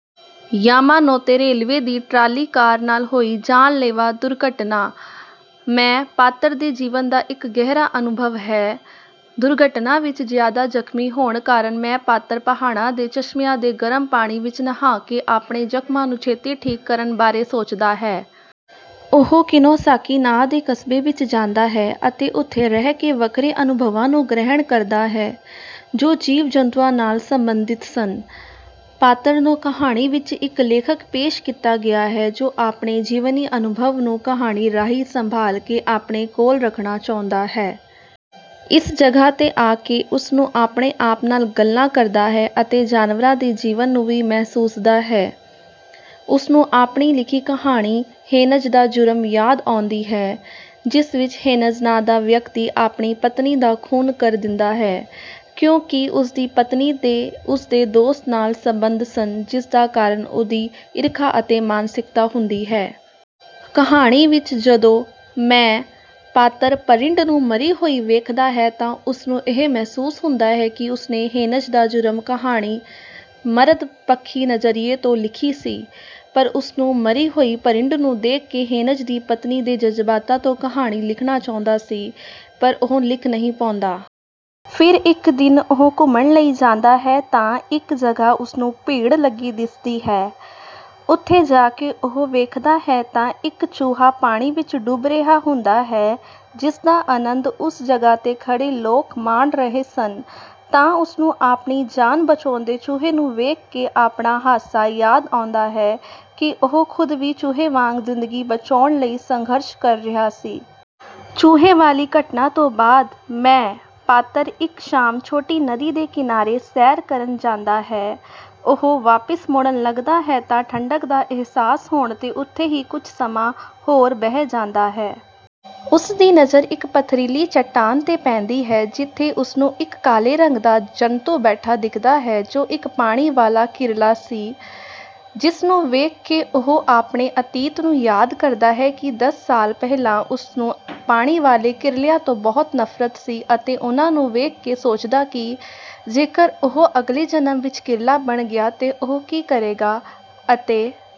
Yamanote railway ਦੀ trolley car ਨਾਲ ਹੋਈ ਜਾਨਲੇਵਾ ਦੁਰਘਟਨਾ" ਮੈਂ" ਪਾਤਰ ਦੇ ਜੀਵਨ ਦਾ ਇੱਕ ਗਹਿਰਾ ਅਨੁਭਵ ਹੈ। ਦੁਰਘਟਨਾ ਵਿੱਚ ਜ਼ਿਆਦਾ ਜ਼ਖਮੀ ਹੋਣ ਕਾਰਨ ਮੈਂ ਪਾਤਰ ਪਹਾੜਾਂ ਦੇ ਚਸ਼ਮਿਆਂ ਦੇ ਗਰਮ ਪਾਣੀ ਵਿੱਚ ਨਹਾ ਕੇ ਆਪਣੇ ਜ਼ਖਮਾਂ ਨੂੰ ਛੇਤੀ ਠੀਕ ਕਰਨ ਬਾਰੇ ਸੋਚਦਾ ਹੈ। ਉਹ ਕਿਨੋਸਾਕੀ ਨਾਂ ਦੇ ਕਸਬੇ ਵਿੱਚ ਜਾਂਦਾ ਹੈ ਅਤੇ ਉੱਥੇ ਰਹਿ ਕੇ ਵੱਖਰੇ ਅਨੁਭਵਾਂ ਨੂੰ ਗ੍ਰਹਿਣ ਕਰਦਾ ਹੈ ਜੋ ਜੀਵ-ਜੰਤੂਆਂ ਨਾਲ ਸਬੰਧਿਤ ਸਨ। ਪਾਤਰ ਨੂੰ ਕਹਾਣੀ ਵਿੱਚ ਇੱਕ ਲੇਖਕ ਪੇਸ਼ ਕੀਤਾ ਗਿਆ ਹੈ ਜੋ ਆਪਣੇ ਜੀਵਨੀ ਅਨੁਭਵ ਨੂੰ ਕਹਾਣੀ ਰਾਹੀਂ ਸੰਭਾਲ ਕੇ ਆਪਣੇ ਕੋਲ ਰੱਖਣਾ ਚਾਹੁੰਦਾ ਹੈ। ਇਸ ਜਗ੍ਹਾ ਤੇ ਆ ਕੇ ਉਸਨੂੰ ਆਪਣੇ ਆਪ ਨਾਲ ਗੱਲਾਂ ਕਰਦਾ ਹੈ ਅਤੇ ਜਾਨਵਰਾਂ ਦੇ ਜੀਵਨ ਨੂੰ ਵੀ ਮਹਿਸੁਸਦਾ ਹੈ। ਉਸਨੂੰ ਆਪਣੀ ਲਿਖੀ ਕਹਾਣੀ "ਹੇਨਜ਼ ਦਾ ਜੁਰਮ" ਯਾਦ ਆਉਂਦੀ ਹੈ, ਜਿਸ ਵਿੱਚ ਹੇਨਜ਼ ਨਾਂ ਦਾ ਵਿਅਕਤੀ ਆਪਣੀ ਪਤਨੀ ਦਾ ਖੂਨ ਕਰ ਦਿੰਦਾ ਹੈ ਕਿਉਂਕਿ ਉਸ ਦੀ ਪਤਨੀ ਦੇ ਉਸ ਦੇ ਦੋਸਤ ਨਾਲ ਸਬੰਧ ਸਨ ਜਿਸਦਾ ਕਾਰਨ ਉਹਦੀ ਈਰਖਾ ਅਤੇ ਮਾਨਸਿਕਤਾ ਹੁੰਦੀ ਹੈ। ਕਹਾਣੀ ਵਿੱਚ ਜਦੋਂ "ਮੈਂ" ਪਾਤਰ ਭਰਿੰਡ ਨੂੰ ਮਰੀ ਹੋਈ ਵੇਖਦਾ ਹੈ ਤਾਂ ਉਸਨੂੰ ਇਹ ਮਹਿਸੂਸ ਹੁੰਦਾ ਹੈ ਕਿ ਉਸਨੇ "ਹੇਨਜ਼ ਦਾ ਜੁਰਮ" ਕਹਾਣੀ ਮਰਦ ਪੱਖੀ ਨਜ਼ਰੀਏ ਤੋਂ ਲਿਖੀ ਸੀ। ਪਰ ਉਸਨੂੰ ਮਰੀ ਹੋਈ ਭਰਿੰਡ ਨੂੰ ਦੇਖ ਕੇ ਹੇਨਜ਼ ਦੀ ਪਤਨੀ ਦੇ ਜਜ਼ਬਾਤਾਂ ਤੋਂ ਕਹਾਣੀ ਲਿਖਣਾ ਚਾਹੁੰਦਾ ਸੀ ਪਰ ਉਹ ਲਿਖ ਨਹੀਂ ਪਾਉਂਦਾ। ਫਿਰ ਇੱਕ ਦਿਨ ਉਹ ਘੁੰਮਣ ਲਈ ਜਾਂਦਾ ਹੈ ਤਾਂ ਇੱਕ ਜਗ੍ਹਾ ਉਸਨੂੰ ਭੀੜ ਲੱਗੀ ਦਿਸਦੀ ਹੈ। ਉੱਥੇ ਜਾ ਕੇ ਉਹ ਵੇਖਦਾ ਹੈ ਤਾਂ ਇੱਕ ਚੂਹਾ ਪਾਣੀ ਵਿੱਚ ਡੁੱਬ ਰਿਹਾ ਹੁੰਦਾ ਹੈ ਜਿਸਦਾ ਅਨੰਦ ਉਸ ਜਗ੍ਹਾ ਤੇ ਖੜੇ ਲੋਕ ਮਾਣ ਰਹੇ ਸਨ ਤਾਂ ਉਸਨੂੰ ਆਪਣੀ ਜਾਨ ਬਚਾਉਂਦੇ ਚੂਹੇ ਨੂੰ ਵੇਖ ਕੇ ਆਪਣਾ ਹਾਦਸਾ ਯਾਦ ਆਉਂਦਾ ਹੈ ਕਿ ਉਹ ਖ਼ੁਦ ਵੀ ਚੂਹੇ ਵਾਂਗ ਜ਼ਿੰਦਗੀ ਬਚਾਉਣ ਲਈ ਸੰਘਰਸ਼ ਕਰ ਰਿਹਾ ਸੀ। ਚੂਹੇ ਵਾਲੀ ਘਟਨਾ ਤੋਂ ਬਾਅਦ "ਮੈਂ" ਪਾਤਰ ਇੱਕ ਸ਼ਾਮ ਛੋਟੀ ਨਦੀ ਦੇ ਕਿਨਾਰੇ ਸੈਰ ਕਰਨ ਜਾਂਦਾ ਹੈ। ਉਹ ਵਾਪਿਸ ਮੁੜਨ ਲੱਗਦਾ ਹੈ ਤਾਂ ਠੰਡਕ ਦਾ ਅਹਿਸਾਸ ਹੋਣ ਤੇ ਉੱਥੇ ਹੀ ਕੁਝ ਸਮਾਂ ਹੋਰ ਬਹਿ ਜਾਂਦਾ ਹੈ। ਉਸ ਦੀ ਨਜ਼ਰ ਇੱਕ ਪਥਰੀਲੀ ਚੱਟਾਨ ਤੇ ਪੈਂਦੀ ਹੈ ਜਿਥੇ ਉਸਨੂੰ ਇੱਕ ਕਾਲੇ ਰੰਗ ਦਾ ਜੰਤੁ ਬੈਠਾ ਦਿਖਦਾ ਹੈ ਜੋ ਇੱਕ ਪਾਣੀ ਵਾਲਾ ਕਿਰਲਾ ਸੀ। ਜਿਸ ਨੂੰ ਵੇਖ ਕੇ ਉਹ ਆਪਣੇ ਅਤੀਤ ਨੂੰ ਯਾਦ ਕਰਦਾ ਹੈ ਕਿ ਦਸ ਸਾਲ ਪਹਿਲਾਂ ਉਸਨੂੰ ਪਾਣੀ ਵਾਲੇ ਕਿਰਲਿਆਂ ਤੋਂ ਬਹੁਤ ਨਫ਼ਰਤ ਸੀ ਅਤੇ ਉਹਨਾਂ ਨੂੰ ਵੇਖ ਕੇ ਸੋਚਦਾ ਕਿ ਜੇਕਰ ਉਹ ਅਗਲੇ ਜਨਮ ਵਿੱਚ ਕਿਰਲਾ ਬਣ ਗਿਆ ਤੇ ਉਹ ਕਿ ਕਰੇਗਾ? ਅਤੇ